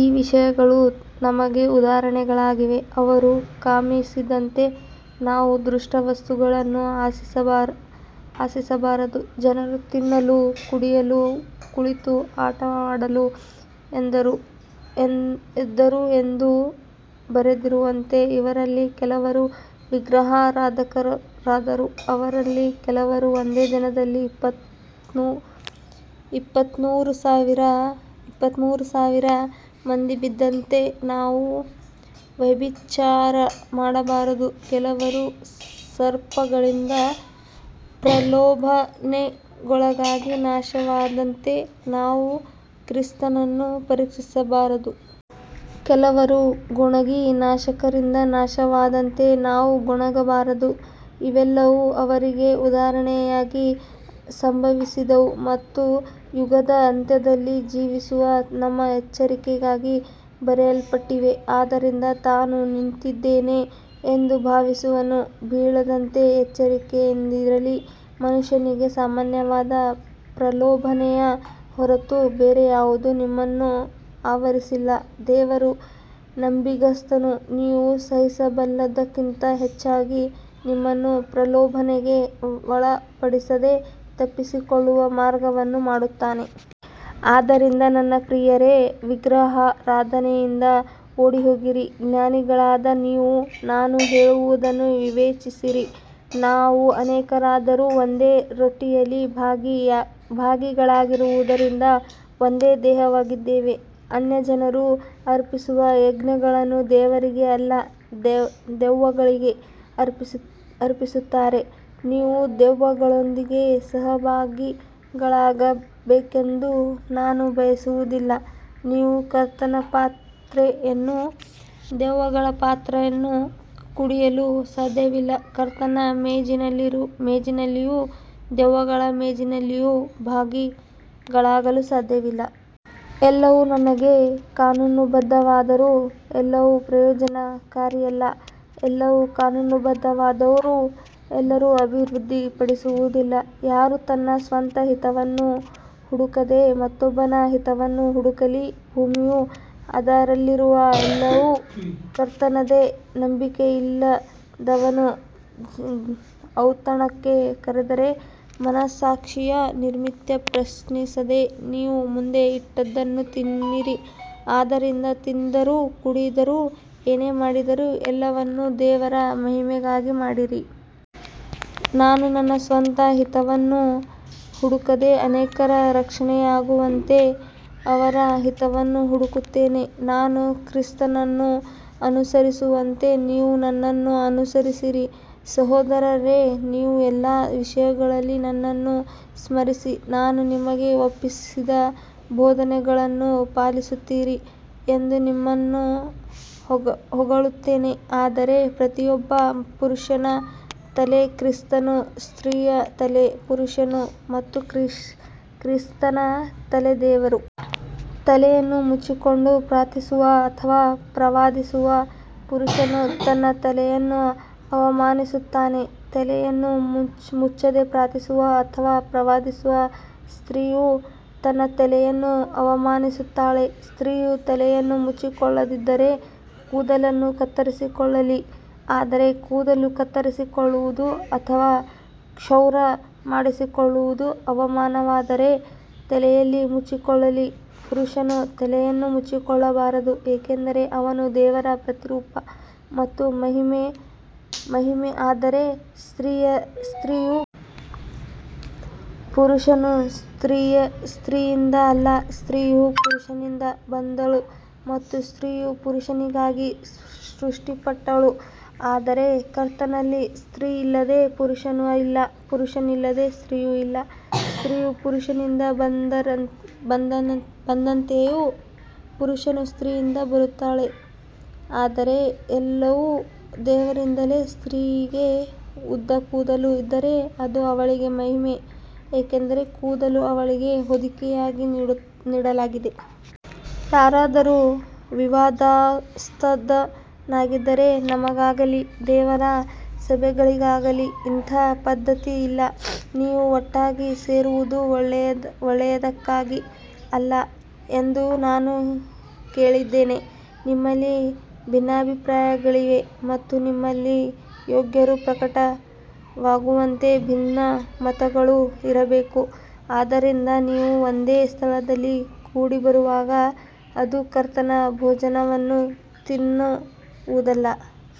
ಈ ವಿಷಯಗಳು ನಮಗೆ ಉದಾಹರಣೆಗಳಾಗಿವೆ, ಅವರು ಕಾಮಿಸಿದಂತೆ ನಾವು ದುಷ್ಟ ವಸ್ತುಗಳನ್ನು ಆಶಿಸಬಾರದು. ಜನರು ತಿನ್ನಲು ಕುಡಿಯಲು ಕುಳಿತು ಆಟವಾಡಲು ಎದ್ದರು ಎಂದು ಬರೆದಿರುವಂತೆ ಅವರಲ್ಲಿ ಕೆಲವರು ವಿಗ್ರಹಾರಾಧಕರಾದರು. ಅವರಲ್ಲಿ ಕೆಲವರು ಒಂದೇ ದಿನದಲ್ಲಿ ಇಪ್ಪತ್ತ್ಮೂರು ಸಾವಿರ ಮಂದಿ ಬಿದ್ದಂತೆ ನಾವು ವ್ಯಭಿಚಾರ ಮಾಡಬಾರದು. ಕೆಲವರು ಸರ್ಪಗಳಿಂದ ಪ್ರಲೋಭನೆಗೊಳಗಾಗಿ ನಾಶವಾದಂತೆ ನಾವು ಕ್ರಿಸ್ತನನ್ನು ಪರೀಕ್ಷಿಸಬಾರದು. ಕೆಲವರು ಗೊಣಗಿ ನಾಶಕರಿಂದ ನಾಶವಾದಂತೆ ನಾವು ಗೊಣಗಬಾರದು. ಇವೆಲ್ಲವೂ ಅವರಿಗೆ ಉದಾಹರಣೆಯಾಗಿ ಸಂಭವಿಸಿದವು ಮತ್ತು ಯುಗದ ಅಂತ್ಯದಲ್ಲಿ ಜೀವಿಸುವ ನಮ್ಮ ಎಚ್ಚರಿಕೆಗಾಗಿ ಬರೆಯಲ್ಪಟ್ಟಿವೆ. ಆದ್ದರಿಂದ ತಾನು ನಿಂತಿದ್ದೇನೆ ಎಂದು ಭಾವಿಸುವವನು ಬೀಳದಂತೆ ಎಚ್ಚರಿಕೆಯಿಂದಿರಲಿ. ಮನುಷ್ಯನಿಗೆ ಸಾಮಾನ್ಯವಾದ ಪ್ರಲೋಭನೆಯ ಹೊರತು ಬೇರೆ ಯಾವುದೂ ನಿಮ್ಮನ್ನು ಆವರಿಸಿಲ್ಲ. ದೇವರು ನಂಬಿಗಸ್ತನು, ನೀವು ಸಹಿಸಬಲ್ಲದಕ್ಕಿಂತ ಹೆಚ್ಚಾಗಿ ನಿಮ್ಮನ್ನು ಪ್ರಲೋಭನೆಗೆ ಒಳಪಡಿಸದೆ, ತಪ್ಪಿಸಿಕೊಳ್ಳುವ ಮಾರ್ಗವನ್ನೂ ಮಾಡುತ್ತಾನೆ. ಆದ್ದರಿಂದ ನನ್ನ ಪ್ರಿಯರೇ, ವಿಗ್ರಹಾರಾಧನೆಯಿಂದ ಓಡಿಹೋಗಿರಿ. ಜ್ಞಾನಿಗಳಾದ ನೀವು ನಾನು ಹೇಳುವುದನ್ನು ವಿವೇಚಿಸಿರಿ. ನಾವು ಅನೇಕರಾದರೂ ಒಂದೇ ರೊಟ್ಟಿಯಲ್ಲಿ ಭಾಗಿಗಳಾಗಿರುವುದರಿಂದ ಒಂದೇ ದೇಹವಾಗಿದ್ದೇವೆ. ಅನ್ಯಜನರು ಅರ್ಪಿಸುವ ಯಜ್ಞಗಳನ್ನು ದೇವರಿಗೆ ಅಲ್ಲ, ದೆವ್ವಗಳಿಗೆ ಅರ್ಪಿಸುತ್ತಾರೆ. ನೀವು ದೆವ್ವಗಳೊಂದಿಗೆ ಸಹಭಾಗಿಗಳಾಗಬೇಕೆಂದು ನಾನು ಬಯಸುವುದಿಲ್ಲ. ನೀವು ಕರ್ತನ ಪಾತ್ರೆಯನ್ನೂ ದೆವ್ವಗಳ ಪಾತ್ರೆಯನ್ನೂ ಕುಡಿಯಲು ಸಾಧ್ಯವಿಲ್ಲ, ಕರ್ತನ ಮೇಜಿನಲ್ಲಿಯೂ ದೆವ್ವಗಳ ಮೇಜಿನಲ್ಲಿಯೂ ಭಾಗಿಗಳಾಗಲು ಸಾಧ್ಯವಿಲ್ಲ. ಎಲ್ಲವೂ ನನಗೆ ಕಾನೂನುಬದ್ಧವಾದರೂ ಎಲ್ಲವೂ ಪ್ರಯೋಜನಕಾರಿಯಲ್ಲ, ಎಲ್ಲವೂ ಕಾನೂನುಬದ್ಧವಾದರೂ ಎಲ್ಲವೂ ಅಭಿವೃದ್ಧಿಪಡಿಸುವುದಿಲ್ಲ. ಯಾರೂ ತನ್ನ ಸ್ವಂತ ಹಿತವನ್ನು ಹುಡುಕದೆ, ಮತ್ತೊಬ್ಬನ ಹಿತವನ್ನು ಹುಡುಕಲಿ. ಭೂಮಿಯೂ ಅದರಲ್ಲಿರುವ ಎಲ್ಲವೂ ಕರ್ತನದೇ. ನಂಬಿಕೆಯಿಲ್ಲದವನು ಔತಣಕ್ಕೆ ಕರೆದರೆ, ಮನಸ್ಸಾಕ್ಷಿಯ ನಿಮಿತ್ತ ಪ್ರಶ್ನಿಸದೆ ನಿಮ್ಮ ಮುಂದೆ ಇಟ್ಟದ್ದನ್ನು ತಿನ್ನಿರಿ. ಆದ್ದರಿಂದ ತಿಂದರೂ ಕುಡಿದರೂ ಏನೇ ಮಾಡಿದರೂ ಎಲ್ಲವನ್ನೂ ದೇವರ ಮಹಿಮೆಗಾಗಿ ಮಾಡಿರಿ. ನಾನು ನನ್ನ ಸ್ವಂತ ಹಿತವನ್ನು ಹುಡುಕದೆ ಅನೇಕರ ರಕ್ಷಣೆಯಾಗುವಂತೆ ಅವರ ಹಿತವನ್ನು ಹುಡುಕುತ್ತೇನೆ. ನಾನು ಕ್ರಿಸ್ತನನ್ನು ಅನುಸರಿಸುವಂತೆ ನೀವು ನನ್ನನ್ನು ಅನುಸರಿಸಿರಿ. ಸಹೋದರರೇ, ನೀವು ಎಲ್ಲ ವಿಷಯಗಳಲ್ಲಿ ನನ್ನನ್ನು ಸ್ಮರಿಸಿ, ನಾನು ನಿಮಗೆ ಒಪ್ಪಿಸಿದ ಬೋಧನೆಗಳನ್ನು ಪಾಲಿಸುತ್ತೀರಿ ಎಂದು ನಿಮ್ಮನ್ನು ಹೊಗಳುತ್ತೇನೆ. ಆದರೆ ಪ್ರತಿಯೊಬ್ಬ ಪುರುಷನ ತಲೆ ಕ್ರಿಸ್ತನು, ಸ್ತ್ರೀಯ ತಲೆ ಪುರುಷನು ಮತ್ತು ಕ್ರಿಸ್ತನ ತಲೆ ದೇವರು. ತಲೆಯನ್ನು ಮುಚ್ಚಿಕೊಂಡು ಪ್ರಾರ್ಥಿಸುವ ಅಥವಾ ಪ್ರವಾದಿಸುವ ಪುರುಷನು ತನ್ನ ತಲೆಯನ್ನು ಅವಮಾನಿಸುತ್ತಾನೆ. ತಲೆಯನ್ನು ಮುಚ್ಚದೆ ಪ್ರಾರ್ಥಿಸುವ ಅಥವಾ ಪ್ರವಾದಿಸುವ ಸ್ತ್ರೀಯು ತನ್ನ ತಲೆಯನ್ನು ಅವಮಾನಿಸುತ್ತಾಳೆ. ಸ್ತ್ರೀಯು ತಲೆಯನ್ನು ಮುಚ್ಚಿಕೊಳ್ಳದಿದ್ದರೆ ಕೂದಲನ್ನು ಕತ್ತರಿಸಿಕೊಳ್ಳಲಿ, ಆದರೆ ಕೂದಲು ಕತ್ತರಿಸಿಕೊಳ್ಳುವುದು ಅಥವಾ ಕ್ಷೌರ ಮಾಡಿಸಿಕೊಳ್ಳುವುದು ಅವಮಾನವಾದರೆ ತಲೆಯನ್ನು ಮುಚ್ಚಿಕೊಳ್ಳಲಿ. ಪುರುಷನು ತಲೆಯನ್ನು ಮುಚ್ಚಿಕೊಳ್ಳಬಾರದು, ಏಕೆಂದರೆ ಅವನು ದೇವರ ಪ್ರತಿರೂಪ ಮತ್ತು ಮಹಿಮೆ, ಆದರೆ ಸ್ತ್ರೀಯು ಪುರುಷನು ಸ್ತ್ರೀಯಿಂದ ಅಲ್ಲ, ಸ್ತ್ರೀಯು ಪುರುಷನಿಂದ ಬಂದಳು, ಮತ್ತು ಸ್ತ್ರೀಯು ಪುರುಷನಿಗಾಗಿ ಸೃಷ್ಟಿಸಲ್ಪಟ್ಟಳು. ಆದರೂ ಕರ್ತನಲ್ಲಿ ಸ್ತ್ರೀಯಿಲ್ಲದೆ ಪುರುಷನೂ ಇಲ್ಲ, ಪುರುಷನಿಲ್ಲದೆ ಸ್ತ್ರೀಯೂ ಇಲ್ಲ. ಸ್ತ್ರೀಯು ಪುರುಷನಿಂದ ಬಂದಂತೆಯೇ ಪುರುಷನು ಸ್ತ್ರೀಯಿಂದ ಬರುತ್ತಾನೆ, ಆದರೆ ಎಲ್ಲವೂ ದೇವರಿಂದಲೇ. ಸ್ತ್ರೀಯಿಗೆ ಉದ್ದ ಕೂದಲು ಇದ್ದರೆ ಅದು ಅವಳಿಗೆ ಮಹಿಮೆ, ಏಕೆಂದರೆ ಕೂದಲು ಅವಳಿಗೆ ಹೊದಿಕೆಯಾಗಿ ನೀಡಲಾಗಿದೆ. ಯಾರಾದರೂ ವಿವಾದಾಸ್ಪದನಾಗಿದ್ದರೆ ನಮಗಾಗಲಿ ದೇವರ ಸಭೆಗಳಿಗಾಗಲಿ ಇಂಥ ಪದ್ಧತಿ ಇಲ್ಲ. ನೀವು ಒಟ್ಟಾಗಿ ಸೇರುವುದು ಒಳ್ಳೆಯದಕ್ಕಾಗಿ ಅಲ್ಲ ಎಂದು ನಾನು ಕೇಳಿದ್ದೇನೆ. ನಿಮ್ಮಲ್ಲಿ ಭಿನ್ನಾಭಿಪ್ರಾಯಗಳಿವೆ ಮತ್ತು ನಿಮ್ಮಲ್ಲಿ ಯೋಗ್ಯರು ಪ್ರಕಟವಾಗುವಂತೆ ಭಿನ್ನಮತಗಳೂ ಇರಬೇಕು. ಆದ್ದರಿಂದ ನೀವು ಒಂದೇ ಸ್ಥಳದಲ್ಲಿ ಕೂಡಿಬರುವಾಗ ಅದು ಕರ್ತನ ಭೋಜನವನ್ನು ತಿನ್ನುವುದಲ್ಲ.